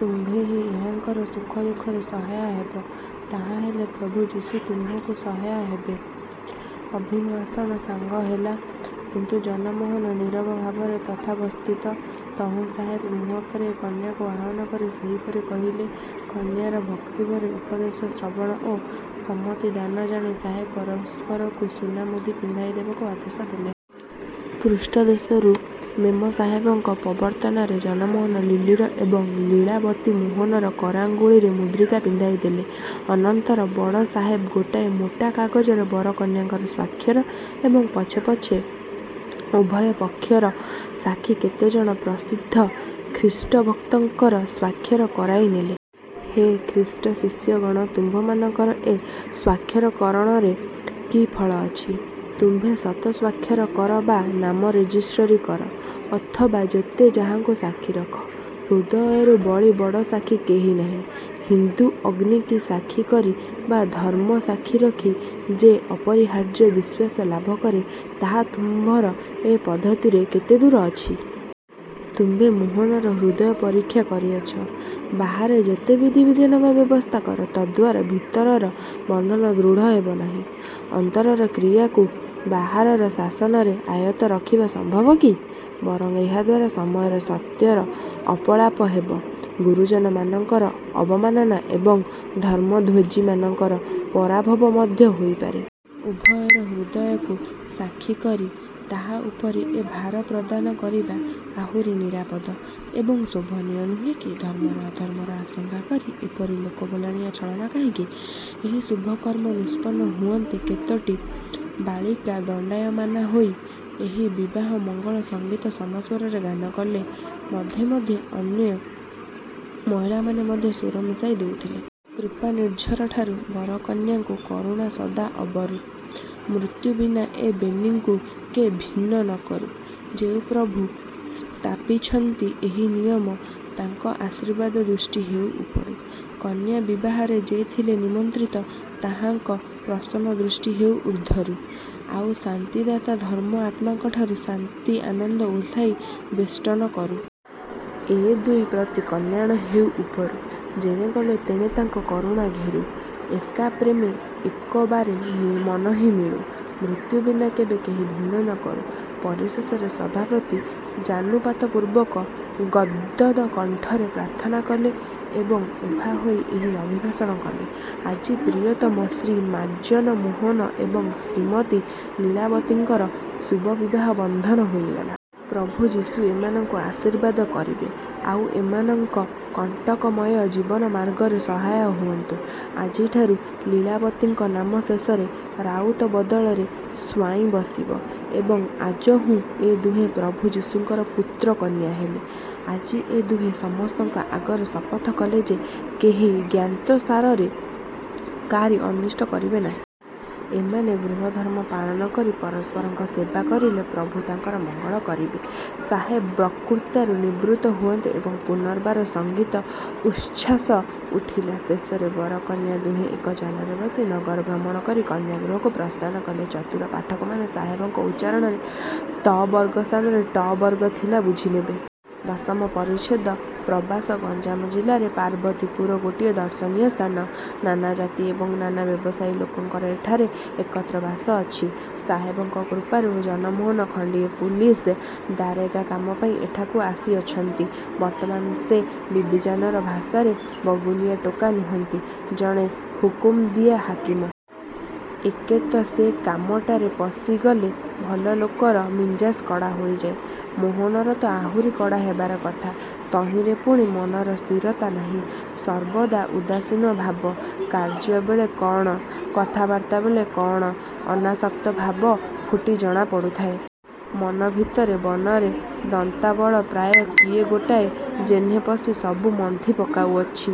ତୁମ୍ଭେ ହିଁ ଏହାଙ୍କର ସୁଖ ଦୁଃଖରେ ସହାୟ ହେବ। ତାହାହେଲେ ପ୍ରଭୁ ଯୀଶୁ ତୁମ୍ଭଙ୍କୁ ସହାୟ ହେବେ। ଅଭିଭାଷଣ ସାଙ୍ଗ ହେଲା, କିନ୍ତୁ ଜନମୋହନ ନୀରବଭାବରେ ତଥାବସ୍ଥିତ। ତହୁଁ ସାହେବ ମୁହଁ ଫେରାଇ କନ୍ୟାକୁ ଆହ୍ୱାନ କରି ସେହିପରି କହିଲେ। କନ୍ୟାର ଭକ୍ତିଭରେ ଉପଦେଶ ଶ୍ରବଣ ଓ ସମ୍ମତିଦାନ ଜାଣି ସାହେବ ପରସ୍ପରକୁ ସୁନାମୁଦି ପିନ୍ଧାଇ ଦେବାକୁ ଆଦେଶ ଦେଲେ। ପୃଷ୍ଠଦେଶରୁ ମେମ ସାହେବଙ୍କ ପ୍ରବର୍ତ୍ତନାରେ ଜନମୋହନ ଲିଲିର ଏବଂ ଲୀଳାବତୀ ମୋହନର କରାଙ୍ଗୁଳିରେ ମୁଦ୍ରିକା ପିନ୍ଧାଇଦେଲେ। ଅନନ୍ତର ବଡ଼ ସାହେବ ଗୋଟାଏ ମୋଟା କାଗଜରେ ବର କନ୍ୟାଙ୍କର ସ୍ୱାକ୍ଷର ଏବଂ ପଛେ ପଛେ ଉଭୟ ପକ୍ଷର ସାକ୍ଷୀ କେତେଜଣ ପ୍ରସିଦ୍ଧ ଖ୍ରୀଷ୍ଟଭକ୍ତଙ୍କର ସ୍ୱାକ୍ଷର କରାଇ ନେଲେ। ହେ ଖ୍ରୀଷ୍ଟଶିଷ୍ୟଗଣ! ତୁମ୍ଭମାନଙ୍କର ଏ ସ୍ୱାକ୍ଷରକରଣରେ କି ଫଳ ଅଛି? ତୁମ୍ଭେ ଶତ ସ୍ୱାକ୍ଷର କର ବା ନାମ ରେଜିଷ୍ଟରୀ କର ଅଥବା ଯେତେ ଯାହାଙ୍କୁ ସାକ୍ଷୀ ରଖ, ହୃଦୟରୁ ବଳି ବଡ଼ ସାକ୍ଷୀ କେହି ନାହିଁ ହିନ୍ଦୁ ଅଗ୍ନି କି ସାକ୍ଷୀ କରି ବା ଧର୍ମକୁ ସାକ୍ଷୀ ରଖି ଯେ ଅପରିହାର୍ଯ୍ୟ ବିଶ୍ୱାସ ଲାଭ କରେ, ତାହା ତୁମ୍ଭର ଏ ପଦ୍ଧତିରେ କେତେଦୂର ଅଛି।? ତୁମ୍ଭେ ମୋହନର ହୃଦୟ ପରୀକ୍ଷା କରିଅଛ? ବାହାରେ ଯେତେ ବିଧିବିଧାନ ବା ବ୍ୟବସ୍ଥା କର, ତଦ୍ଦ୍ୱାରା ଭିତରର ବନ୍ଧନ ଦୃଢ଼ ହେବ ନାହିଁ। ଅନ୍ତରର କ୍ରିୟାକୁ ବାହାରର ଶାସନରେ ଆୟତ୍ତ ରଖିବା ସମ୍ଭବ କି? ବରଂ ଏହାଦ୍ୱାରା ସମୟରେ ସତ୍ୟର ଅପଳାପ ହେବ। ଗୁରୁଜନମାନଙ୍କର ଅବମାନନା ଏବଂ ଧର୍ମଧ୍ୱଜିମାନଙ୍କର ପରାଭବ ମଧ୍ୟ ହୋଇ ପାରେ। ଉଭୟର ହୃଦୟକୁ ସାକ୍ଷୀ କରି ତାହା ଉପରେ ଏ ଭାର ପ୍ରଦାନ କରିବା ଆହୁରି ନିରାପଦ ଏବଂ ଶୋଭନୀୟ ନୁହେଁ କି? ଧର୍ମରେ ଅଧର୍ମର ଆଶଙ୍କା କରି ଏପରି ଲୋକଭୁଲାଣିଆ ଛଳନା କାହିଁକି? ଏହି ଶୁଭକର୍ମ ନିଷ୍ପନ୍ନ ହୁଅନ୍ତେ କେତୋଟି ବାଳିକା ଦଣ୍ଡାୟମାନା ହୋଇ ଏହି ବିବାହମଙ୍ଗଳସଙ୍ଗୀତ ସମସ୍ୱରରେ ଗାନ କଲେ, ମଧ୍ୟେ ମଧ୍ୟେ ଅନ୍ୟ ମହିଳାମାନେ ମଧ୍ୟ ସ୍ୱର ମିଶାଇ ଦେଉଥିଲେ। କୃପାନିର୍ଝରଠାରୁ। ବର କନ୍ୟାଙ୍କୁ କରୁଣା ସଦା ଆବରୁ। ମୃତ୍ୟୁ ବିନା ଏ ବେନିଙ୍କୁ କେ ଭିନ୍ନ ନ କରୁ। ଯେଉଁ ପ୍ରଭୁ ସ୍ଥାପିଛନ୍ତି ଏହି ନିୟମ, ତାଙ୍କ ଆଶୀର୍ବାଦଦୃଷ୍ଟି ହେଉ ଉପରୁ। କନ୍ୟା ବିବାହରେ ଯେ ଥିଲେ ନିମନ୍ତ୍ରିତ, ତାହାଙ୍କ ପ୍ରସନ୍ନଦୃଷ୍ଟି ହେଉ ଊର୍ଦ୍ଧ୍ୱରୁ। ଆଉ ଶାନ୍ତି ଦାତା ଧର୍ମ-ଆତ୍ମାଙ୍କଠାରୁ ଶାନ୍ତି ଆନନ୍ଦ ଓହ୍ଲାଇ ବେଷ୍ଟନ କରୁ। ଏ ଦୁଇ ପ୍ରତି କଲ୍ୟାଣ ହେଉ ଉପରୁ, ଯେଣେ ଗଲେ ତେଣେ ତାଙ୍କ କରୁଣା ଘେରୁ। ଏକାପ୍ରେମେ ଏକବାରେ ମନହିଁ ମିଳୁ, ମୃତ୍ୟୁ ବିନା କେବେ କେହି ଭିନ୍ନ ନକରୁ। ପରିଶେଷରେ ସଭାପତି ଜାନୁପାତପୂର୍ବକ ଗଦ୍ଗଦକଣ୍ଠରେ ପ୍ରାର୍ଥନା କଲେ ଏବଂ ଉଭା ହୋଇ ଏହି ଅଭିଭାଷଣ କଲେ- ''ଆଜି ପ୍ରିୟତମ ଶ୍ରୀମାନ୍ଜନମୋହନ ଏବଂ ଶ୍ରୀମତୀ ଲୀଳାବତୀଙ୍କର ଶୁଭବିବାହବନ୍ଧନ ହୋଇଗଲା। ପ୍ରଭୁ ଯୀଶୁ ଏମାନଙ୍କୁ ଆଶୀର୍ବାଦ କରିବେ ଆଉ ଏମାନଙ୍କ କଣ୍ଟକମୟ ଜୀବନମାର୍ଗରେ ସହାୟ ହୁଅନ୍ତୁ। ଆଜିଠାରୁ ଲୀଳାବତୀଙ୍କ ନାମ ଶେଷରେ ରାଉତ ବଦଳରେ ସ୍ୱାଇନ୍ ବସିବ ଏବଂ ଆଜହୁଁ ଏ ଦୁହେଁ ପ୍ରଭୁ ଯୀଶୁଙ୍କର ପୁତ୍ର କନ୍ୟା ହେଲେ। ଆଜି ଏ ଦୁହେଁ ସମସ୍ତଙ୍କ ଆଗରେ ଶପଥ କଲେ ଯେ, କେହି ଜ୍ଞାତସାରରେ କାହାରି ଅନିଷ୍ଟ କରିବେ ନାହିଁ। ଏମାନେ ଗୃହଧର୍ମ ପାଳନ କରି ପରସ୍ପରଙ୍କ ସେବା କରିଲେ ପ୍ରଭୁ ତାଙ୍କର ମଙ୍ଗଳ କରିବେ। '' ସାହେବ ବକ୍ତୃତାରୁ ନିବୃତ୍ତ ହୁଅନ୍ତେ ପୁନର୍ବାର ସଙ୍ଗୀତ-ଉଚ୍ଛ୍ୱାସ ଉଠିଲା। ଶେଷରେ ବର-କନ୍ୟା ଦୁହେଁ ଏକ ଯାନରେ ବସି ନଗର ଭ୍ରମଣ କରି କନ୍ୟା ଗୃହକୁ ପ୍ରସ୍ଥାନ କଲେ। ଚତୁର ପାଠକମାନେ- ସାହେବଙ୍କ ଉଚ୍ଚାରଣରେ ତ ବର୍ଗ ସ୍ଥାନରେ ଟ ବର୍ଗ ଥିଲା ବୁଝିନେବେ। ଦଶମ ପରିଚ୍ଛେଦ ପ୍ରବାସ ଗଞ୍ଜାମ ଜିଲ୍ଲାରେ ପାର୍ବତୀପୁର ଗୋଟିଏ ଦର୍ଶନୀୟ ସ୍ଥାନ। ନାନା ଜାତି ଏବଂ ନାନା ବ୍ୟବସାୟୀ ଲୋକଙ୍କର ଏଠାରେ ଏକତ୍ର ବାସ ଅଛି। ସାହେବଙ୍କ କୃପାରୁ ଜନମୋହନ ଖଣ୍ତିଏ ପୁଲିସ ଦାରୋଗା କାମ ପାଇ ଏଠାକୁ ଆସିଅଛନ୍ତି। ବର୍ତ୍ତମାନ ସେ ବିବିଜାନର ଭାଷାରେ ବଗୁଲିଆ ଟୋକା ନୁହନ୍ତି ଜଣେ ହୁକୁମଦିଆ ହାକିମ। ଏକେ ତ ସେ କାମଟାରେ ପଶିଗଲେ ଭଲ ଲୋକର ମିଞ୍ଜାସ କଡ଼ା ହୋଇଥାଏ। ମୋହନର ତ ଆହୁରି କଡ଼ା ହେବାର କଥା। ତହିଁରେ ପୁଣି ମନର ସ୍ଥିରତା ନାହିଁ ସର୍ବଦା ଉଦାସୀନ ଭାବ। କାର୍ଯ୍ୟବେଳେ କଣ, କଥାବାର୍ତ୍ତା ବେଳେ କଣ, ଅନାସକ୍ତ ଭାବ ଫୁଟି ଜଣା ପଡ଼ୁଥାଏ। ମନଭିତରେ ବନରେ ଦନ୍ତାବଳ ପ୍ରାୟ କିଏ ଗୋଟାଏ ଯେହ୍ନେ ପଶି ସବୁ ମନ୍ଥି ପକାଉଅଛି।